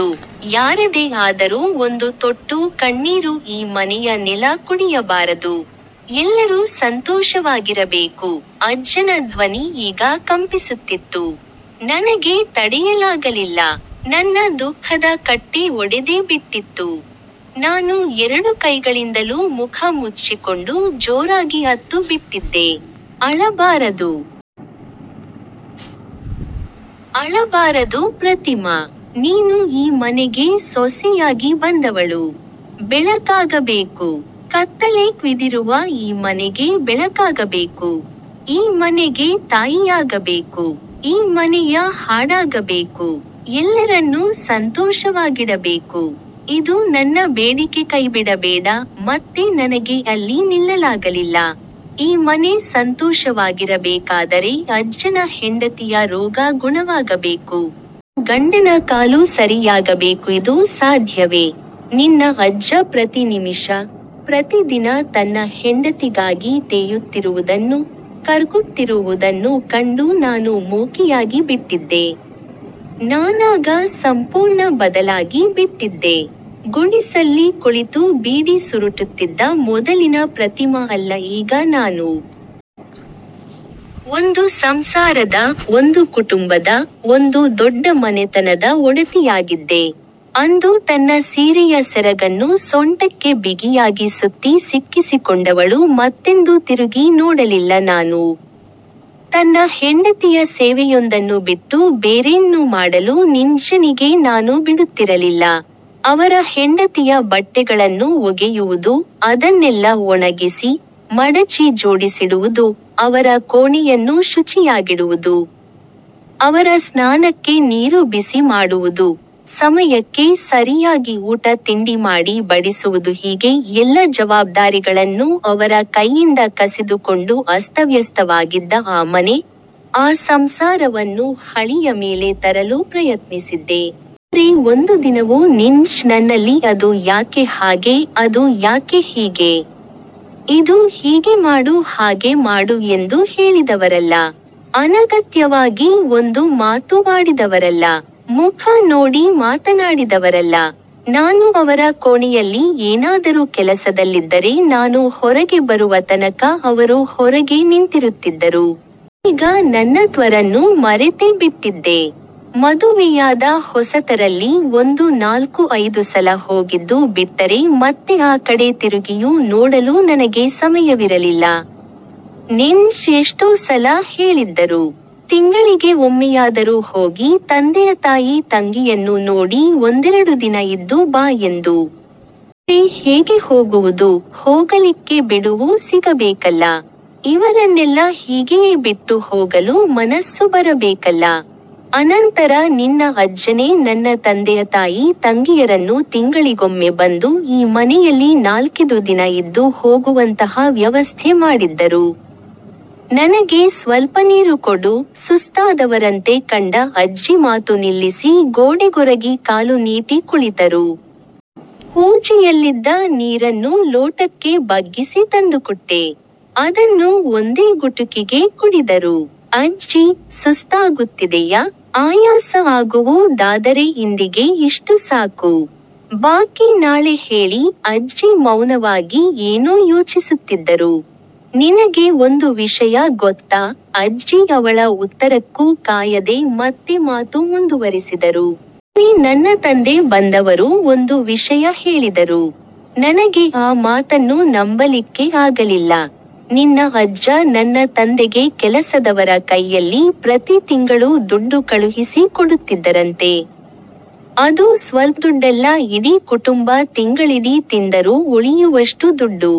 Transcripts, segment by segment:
ಅಳಬಾರದು, ಯಾರದೇ ಆದರೂ ಒಂದು ತೊಟ್ಟು ಕಣ್ಣೀರು ಈ ಮನೆಯ ನೆಲ ಕುಡಿಯಬಾರದು. ಎಲ್ಲರೂ ಸಂತೋಷವಾಗಿರಬೇಕು. '' ಅಜ್ಜನ ಧ್ವನಿ ಈಗ ಕಂಪಿಸುತ್ತಿತ್ತು. ನನಗೆ ತಡೆಯಲಾಗಲಿಲ್ಲ. ನನ್ನ ದುಃಖದ ಕಟ್ಟೆ ಒಡೆದೇ ಬಿಟ್ಟಿತ್ತು. ನಾನು ಎರಡು ಕೈಗಳಿಂದಲೂ ಮುಖ ಮುಚ್ಚಿಕೊಂಡು ಜೋರಾಗಿ ಅತ್ತು ಬಿಟ್ಟಿದ್ದೆ. ''ಅಳಬಾರದು. ಅಳಬಾರದು ಪ್ರತಿಮಾ. ನೀನು ಈ ಮನೆಗೆ ಸೊಸೆಯಾಗಿ ಬಂದವಳು. ಬೆಳಕಾಗಬೇಕು. ಕತ್ತಲೆ ಕವಿದಿರುವ ಈ ಮನೆಗೆ ಬೆಳಕಾಗಬೇಕು. ಈ ಮನೆಗೆ ತಾಯಿಯಾಗಬೇಕು. ಈ ಮನೆಯ ಹಾಡಾಗಬೇಕು. ಎಲ್ಲರನ್ನೂ ಸಂತೋಷವಾಗಿಡಬೇಕು. ಇದು ನನ್ನ ಬೇಡಿಕೆಕೈಬಿಡಬೇಡ'' ಮತ್ತೆ ನನಗೆ ಅಲ್ಲಿ ನಿಲ್ಲಲಾಗಲಿಲ್ಲ. ಈ ಮನೆ ಸಂತೋಷವಾಗಿರಬೇಕಾದರೆ ಅಜ್ಜನ ಹೆಂಡತಿಯ ರೋಗ ಗುಣವಾಗಬೇಕು. ನನ್ನ ಗಂಡನ ಕಾಲು ಸರಿಯಾಗಬೇಕುಇದು ಸಾಧ್ಯವೇ. ನಿನ್ನ ಅಜ್ಜ ಪ್ರತಿ ನಿಮಿಷ, ಪ್ರತಿ ದಿನ ತನ್ನ ಹೆಂಡತಿಗಾಗಿ ತೇಯುತ್ತಿರುವುದನ್ನು, ಕರಗುತ್ತಿರು ವುದನ್ನು ಕಂಡು ನಾನು ಮೂಕಿಯಾಗಿ ಬಿಟ್ಟಿದ್ದೆ. ನಾನಾಗ ಸಂಪೂರ್ಣ ಬದಲಾಗಿ ಬಿಟ್ಟಿದ್ದೆ. ಗುಡಿಸಲಲ್ಲಿ ಕುಳಿತು ಬೀಡಿ ಸುರುಟುತ್ತಿದ್ದ ಮೊದಲಿನ ಪ್ರತಿಮಾ ಅಲ್ಲ ಈಗ ನಾನು. ಒಂದು ಸಂಸಾರದ, ಒಂದು ಕುಟುಂಬದ, ಒಂದು ದೊಡ್ಡ ಮನೆತನದ ಒಡತಿಯಾಗಿದ್ದೆ. ಅಂದು ತನ್ನ ಸೀರೆಯ ಸೆರಗನ್ನು ಸೊಂಟಕ್ಕೆ ಬಿಗಿಯಾಗಿ ಸುತ್ತಿ ಸಿಕ್ಕಿಸಿಕೊಂಡವಳು ಮತ್ತೆಂದೂ ತಿರುಗಿ ನೋಡಲಿಲ್ಲ ನಾನು. ತನ್ನ ಹೆಂಡತಿಯ ಸೇವೆಯೊಂದನ್ನು ಬಿಟ್ಟು ಬೇರೇನನ್ನೂ ಮಾಡಲು ನಿನ್ನಜ್ಜನಿಗೆ ನಾನು ಬಿಡುತ್ತಿರಲಿಲ್ಲ. ಅವರ ಹೆಂಡತಿಯ ಬಟ್ಟೆಗಳನ್ನು ಒಗೆಯುವುದು, ಅದನ್ನೆಲ್ಲ ಒಣಗಿಸಿ, ಮಡಚಿ ಜೋಡಿಸಿಡುವುದು, ಅವರ ಕೋಣೆಯನ್ನು ಶುಚಿಯಾಗಿಡುವುದು, ಅವರ ಸ್ನಾನಕ್ಕೆ ನೀರು ಬಿಸಿ ಮಾಡುವುದು, ಸಮಯಕ್ಕೆ ಸರಿಯಾಗಿ ಊಟ ತಿಂಡಿ ಮಾಡಿ ಬಡಿಸುವುದುಹೀಗೆ ಎಲ್ಲ ಜವಾಬ್ದಾರಿಗಳನ್ನೂ ಅವರ ಕೈಯಿಂದ ಕಸಿದುಕೊಂಡು ಅಸ್ತವ್ಯಸ್ತವಾಗಿದ್ದ ಆ ಮನೆ, ಆ ಸಂಸಾರವನ್ನು ಹಳಿಯ ಮೇಲೆ ತರಲು ಪ್ರಯತ್ನಿಸಿದ್ದೆ. ಆದರೆ ಒಂದು ದಿನವೂ ನಿನ್ನಜ್ಜ ನನ್ನಲ್ಲಿ ಅದು ಯಾಕೆ ಹಾಗೆ, ಅದು ಯಾಕೆ ಹೀಗೆ. ಇದು ಹೀಗೆ ಮಾಡು- ಹಾಗೆ ಮಾಡು ಎಂದು ಹೇಳಿದವರಲ್ಲ. ಅನಗತ್ಯವಾಗಿ ಒಂದು ಮಾತೂ ಆಡಿದವರಲ್ಲ. ಮುಖ ನೋಡಿ ಮಾತನಾಡಿದವರಲ್ಲ. ನಾನು ಅವರ ಕೋಣೆಯಲ್ಲಿ ಏನಾದರೂ ಕೆಲಸದಲ್ಲಿದ್ದರೆ ನಾನು ಹೊರಗೆ ಬರುವ ತನಕ ಅವರು ಹೊರಗೇ ನಿಂತಿರುತ್ತಿದ್ದರು. ನಾನೀಗ ನನ್ನ ತವರನ್ನು ಮರೆತೇ ಬಿಟ್ಟಿದ್ದೆ. ಮದುವೆಯಾದ ಹೊಸತರಲ್ಲಿ ಒಂದು ನಾಲ್ಕು-ಐದು ಸಲ ಹೋಗಿದ್ದು ಬಿಟ್ಟರೆ ಮತ್ತೆ ಆ ಕಡೆ ತಿರುಗಿಯೂ ನೋಡಲು ನನಗೆ ಸಮಯವಿರಲಿಲ್ಲ. ನಿನ್ನಜ್ಜ ಎಷ್ಟೋ ಸಲ ಹೇಳಿದ್ದರು. ತಿಂಗಳಿಗೆ ಒಮ್ಮೆಯಾದರೂ ಹೋಗಿ ತಂದೆ-ತಾಯಿ-ತಂಗಿಯನ್ನು ನೋಡಿ ಒಂದೆರಡು ದಿನ ಇದ್ದು ಬಾ ಎಂದು. ಆದರೆ ಹೇಗೆ ಹೋಗುವುದು, ಹೋಗಲಿಕ್ಕೆ ಬಿಡುವು ಸಿಗಬೇಕಲ್ಲ. ಇವರನ್ನೆಲ್ಲ ಹೀಗೆಯೇ ಬಿಟ್ಟು ಹೋಗಲು ಮನಸ್ಸು ಬರಬೇಕಲ್ಲ. ಅನಂತರ ನಿನ್ನ ಅಜ್ಜನೇ ನನ್ನ ತಂದೆ-ತಾಯಿ ತಂಗಿಯರನ್ನು ತಿಂಗಳಿಗೊಮ್ಮೆ ಬಂದು ಈ ಮನೆಯಲ್ಲಿ ನಾಲ್ಕೆದು ದಿನ ಇದ್ದು ಹೋಗುವಂತಹ ವ್ಯವಸ್ಥೆ ಮಾಡಿದ್ದರು. ''ನನಗೆ ಸ್ವಲ್ಪನೀರು ಕೊಡು'' ಸುಸ್ತಾದವರಂತೆ ಕಂಡ ಅಜ್ಜಿ ಮಾತು ನಿಲ್ಲಿಸಿ ಗೋಡೆಗೊರಗಿ ಕಾಲು ನೀಟಿ ಕುಳಿತರು. ಹೂಜಿಯಲ್ಲಿದ್ದ ನೀರನ್ನು ಲೋಟಕ್ಕೆ ಬಗ್ಗಿಸಿ ತಂದುಕೊಟ್ಟೆ. ಅದನ್ನು ಒಂದೇ ಗುಟುಕಿಗೆ ಕುಡಿದರು. ''ಅಜ್ಜಿ, ಸುಸ್ತಾಗುತ್ತಿದೆಯಾ? ಆಯಾಸ ಆಗುವು ದಾದರೆ ಇಂದಿಗೆ ಇಷ್ಟು ಸಾಕು. ಬಾಕಿ ನಾಳೆ ಹೇಳಿ'' ಅಜ್ಜಿ ಮೌನವಾಗಿ ಏನೋ ಯೋಚಿಸುತ್ತಿದ್ದರು. ''ನಿನಗೆ ಒಂದು ವಿಷಯ ಗೊತ್ತಾ'' ಅಜ್ಜಿ ಅವಳ ಉತ್ತರಕ್ಕೂ ಕಾಯದೆ ಮತ್ತೆ ಮಾತು ಮುಂದುವರಿಸಿದರು. ಒಮ್ಮೆ ನನ್ನ ತಂದೆ ಬಂದವರು ಒಂದು ವಿಷಯ ಹೇಳಿದರು. ನನಗೆ ಆ ಮಾತನ್ನು ನಂಬಲಿಕ್ಕೆ ಆಗಲಿಲ್ಲ. ನಿನ್ನ ಅಜ್ಜ ನನ್ನ ತಂದೆಗೆ ಕೆಲಸದವರ ಕೈಯಲ್ಲಿ ಪ್ರತಿ ತಿಂಗಳೂ ದುಡ್ಡು ಕಳುಹಿಸಿ ಕೊಡುತ್ತಿದ್ದರಂತೆ. ಅದೂ ಸ್ವಲ್ಪದುಡ್ಡಲ್ಲ ಇಡೀ ಕುಟುಂಬ ತಿಂಗಳಿಡೀ ತಿಂದರೂ ಉಳಿಯುವಷ್ಟು ದುಡ್ಡು!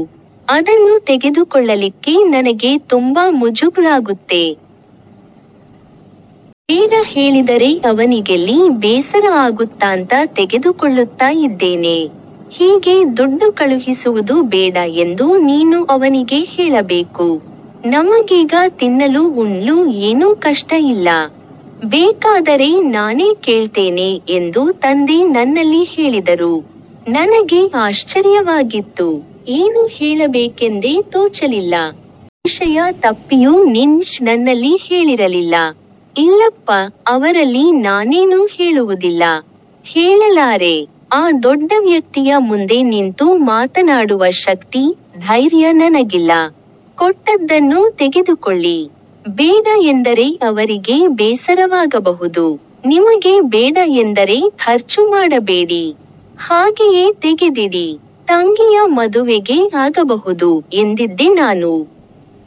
''ಅದನ್ನು ತೆಗೆದುಕೊಳ್ಳಲಿಕ್ಕೆ ನನಗೆ ತುಂಬಾ ಮುಜುಗರ ಆಗುತ್ತೆ. ಬೇಡ ಹೇಳಿದರೆ ಅವನಿಗೆಲ್ಲಿ ಬೇಸರ ಆಗುತ್ತಾಂತ ತೆಗೆದುಕೊಳ್ಳುತ್ತಾ ಇದ್ದೇನೆ. ಹೀಗೆ ದುಡ್ಡು ಕಳುಹಿಸುವುದು ಬೇಡ ಎಂದು ನೀನು ಅವನಿಗೆ ಹೇಳಬೇಕು. ನಮಗೀಗ ತಿನ್ನಲು ಉಣ್ಣಲು ಏನೂ ಕಷ್ಟ ಇಲ್ಲ. ಬೇಕಾದರೆ ನಾನೇ ಕೇಳ್ತೇನೆ'' ಎಂದು ತಂದೆ ನನ್ನಲ್ಲಿ ಹೇಳಿದರು. ನನಗೆ ಆಶ್ಚರ್ಯವಾಗಿತ್ತು. ಏನು ಹೇಳಬೇಕೆಂದೇ ತೋಚಲಿಲ್ಲ. ಈ ವಿಷಯ ತಪ್ಪಿಯೂ ನಿನ್ನಜ್ಜ ನನ್ನಲ್ಲಿ ಹೇಳಿರಲಿಲ್ಲ. ''ಇಲ್ಲಪ್ಪ, ಅವರಲ್ಲಿ ನಾನೇನೂ ಹೇಳುವುದಿಲ್ಲ. ಹೇಳಲಾರೆ. ಆ ದೊಡ್ಡವ್ಯಕ್ತಿಯ ಮುಂದೆ ನಿಂತು ಮಾತನಾಡುವ ಶಕ್ತಿ, ಧೈರ್ಯ ನನಗಿಲ್ಲ. ಕೊಟ್ಟದ್ದನ್ನು ತೆಗೆದುಕೊಳ್ಳಿ. ಬೇಡ ಎಂದರೆ ಅವರಿಗೆ ಬೇಸರವಾಗಬಹುದು. ನಿಮಗೆ ಬೇಡ ಎಂದರೆ ಖರ್ಚು ಮಾಡಬೇಡಿ. ಹಾಗೆಯೇ ತೆಗೆದಿಡಿ. ತಂಗಿಯ ಮದುವೆಗೆ ಆಗಬಹುದು'' ಎಂದಿದ್ದೆ ನಾನು.